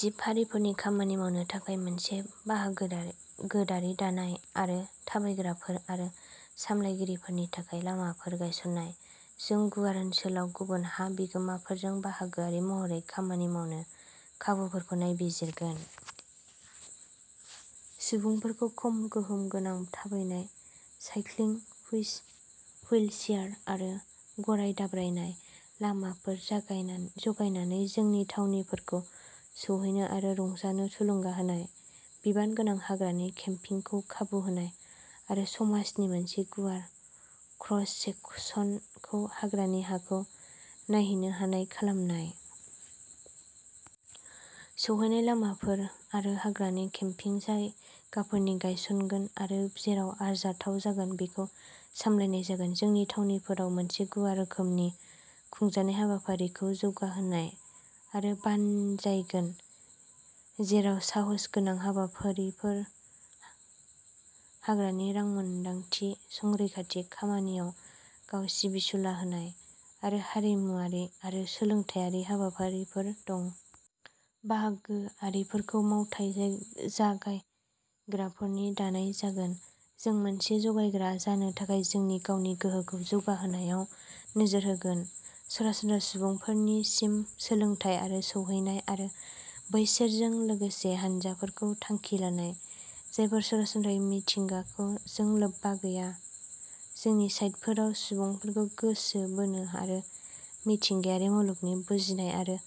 जिब-हारिफोरनि खामानि मावनो थाखाय मोनसे बाहागोदारि दानाय, आरो थाबायग्राफोर आरो सालायगिरिफोरनि थाखाय लामाफोर गायसन्नाय। जों गुवार ओनसोलाव गुबुन हा बिगोमाफोरजों बाहागोआरि महरै खामानि मावनो खाबुफोरखौ नायबिजिरगोन। सुबुंफोरखौ खम गोहोम गोनां थाबायनाय, साइक्लिं, हुइलचेयार आरो गराय दाब्रायनाय लामाफोर जगायनानै जोंनि थावनिफोरखौ सौहैनो आरो रंजानो थुलुंगा होनाय, बिबानगोनां हाग्रानि केम्पिंखौ खाबु होनाय आरो समाजनि मोनसे गुवार क्रस-सेकसनखौ हाग्रानि हाखौ नायहैनो हानाय खालामनाय। सौहैनाय लामाफोर आरो हाग्रानि केम्पिं जायगाफोरखौ गायसनगोन आरो जेराव आरजाथाव जागोन बेखौ सामलायनाय जागोन। जोंनि थावनिफोराव मोनसे गुवार रोखोमनि खुंजानाय हाबाफारिफोरखौ जौगाहोनाय आरो बानजायगोन, जेराव साहसगोनां हाबाफारिफोर, हाग्रानि रोंमोनदांथि, संरैखाथि खामानियाव गाव सिबिसुला होनाय, आरो हारिमुआरि आरो सोलोंथायारि हाबाफारिफोर दं। बाहागोआरिफोरखौ मावथाय जगायग्राफोरजों दानाय जागोन। जों मोनसे जगायग्रा जानो थाखाय जोंनि गावनि गोहोखौ जौगाहोनायाव नोजोर होगोन। सरासनस्रा सुबुंफोरनिसिम सोलोंथाय आरो सौहैनाय आरो बैसोरजों लोगोसे हानजाफोरखौ थांखि लानाय, जायफोरा सरासनस्रायै मिथिंगाजों लोब्बा गैया, जोंनि साइटफोराव सुबुंफोरखौ गोसो बोनो आरो मिथिंगायारि मुलुगनि बुजिनाय आरो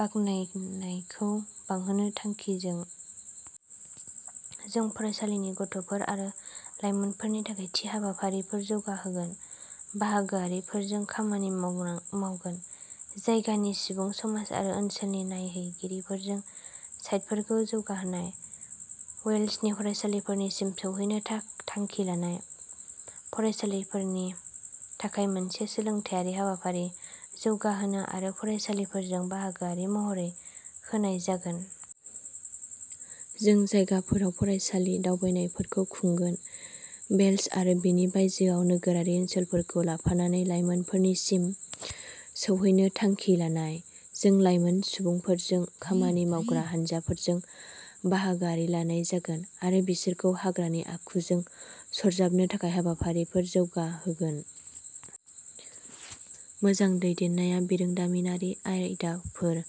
बाख्नायनायखौ बांहोनो थांखिजों। जों फरायसालिनि गथ'फोर आरो लाइमोनफोरनि थाखाय थि हाबाफारिफोर जौगाहोगोन, बाहागोआरिफोरजों खामानि मावगोन। जायगानि सुबुं समाज आरो ओनसोलनि नायहैगिरिफोरनो साइटफोरखौ जौगाहोनाय। वेल्सनि फरायसालिफोरसिम सौहैनो थांखि लानाय। फरायसालिफोरनि थाखाय मोनसे सोलोंथायारि हाबाफारि जौगाहोनाय आरो फरायसालिफोरजों बाहागोआरि महरै होनाय जागोन। जों जायगाफोराव फरायसालि दावबायनायफोरखौ खुंगोन। वेल्स आरो बेनि बायजोआव नोगोरारि ओनसोलफोरखौ लाफानानै लाइमोनफोरसिम सौहैनो थांखि लानाय। जों लाइमोन सुबुंफोरजों खामानि मावग्रा हानजाफोरजों बाहागोआरि दानाय जागोन, आरो बिसोरखौ हाग्रानि आखुजों सरजाबनो थाखाय हाबाफारिफोर जौगाहोगोन। मोजां दैदेननाया बिरोंदामिनारि आयदाफोर,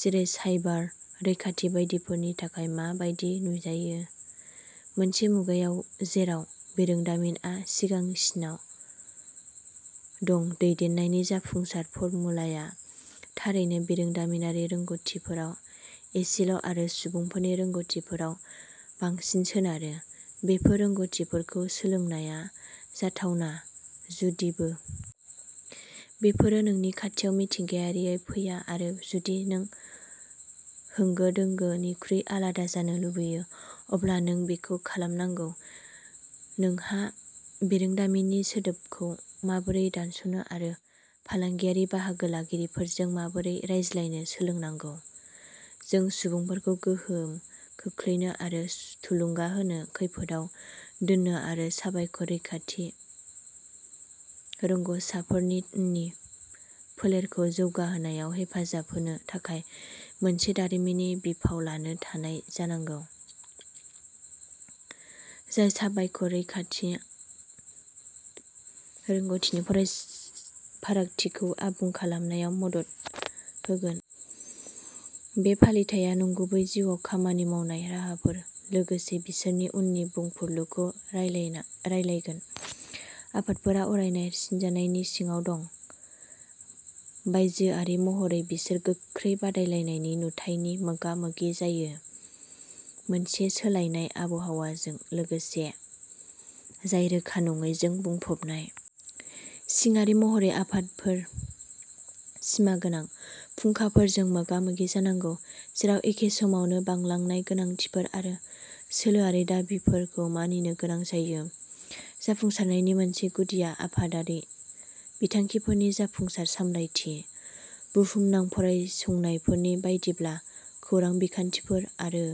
जेरै साइबार रैखाथि बायदिफोरनि थाखाय मा बायदि नुजायो? मोनसे मुगायाव जेराव बिरोंदामिनआ सिगांसिनाव दं, दैदेननायनि जाफुंसार फर्मुलाया थारैनो बिरोंदामिनारि रोंग'थिफोराव एसेल'आरो सुबुंफोरनि रोंग'थिफोराव बांसिन सोनारो। बेफोर रोंग'थिफोरखौ सोलोंनाया जाथावना, जुदिबो। बेफोरो नोंनि खाथियाव मिथिंगायारियै फैया, आरो जुदि नों होंगो-दोंगोनिफ्राय आलादा जानो लुबैयो, अब्ला नों बेखौ खालामनांगौ। नोंहा बिरोंदामिननि सोदोबखौ माबोरै दानस'नो आरो फालांगियारि बाहागो लागिरिफोरजों माबोरै रायज्लायनो सोलोंनांगौ। जों सुबुंफोरखौ गोहोम खोख्लैनो आरो थुलुंगा होनो, खैफोदआव दैदेननो आरो साइबार रैखाथि रोंग'सारफोरनि उननि फोलेरखौ जौगाहोनायाव हेफाजाब होनो थाखाय मोनसे दारिमिननि बिफाव लानो हानाय जानांगौ, जाय साइबार रैखाथि रोंग'थिनि फारागथिखौ आबुं खालामनायाव मदद होगोन। बे फालिथाइया नंगुबै जिउआव खामानि मावनाय राहाफोर, लोगोसे बिसोरनि उननि बुंफुरलुखौ रानलायगोन। आफादफोरा अराय नारसिनजानायनि सिङाव दं। बायजोआरि महरै, बिसोर गोख्रों बादायलायनायनि नुथायनि मोगा-मोगि जायो, मोनसे सोलायनाय आबहावाजों लोगोसे जाय रोखा नङैजों बुंफबनाय। सिंआरि महरै, आफादफोरा सिमागोनां फुंखाफोरजों मोगा-मोगि जानांगौ, जेराव एखे समावनो बांलांनाय गोनांथिफोर आरो सोलोआरि दाबिफोरखौ मानिनो गोनां जायो। जाफुंसारनायनि मोनसे गुदिआ आफादारि बिथांखिफोरनि जाफुंसार सामलायथि। बुहुमनां फरायसंनायफोरनि बायदिब्ला, खौरां बिखान्थिफोर आरो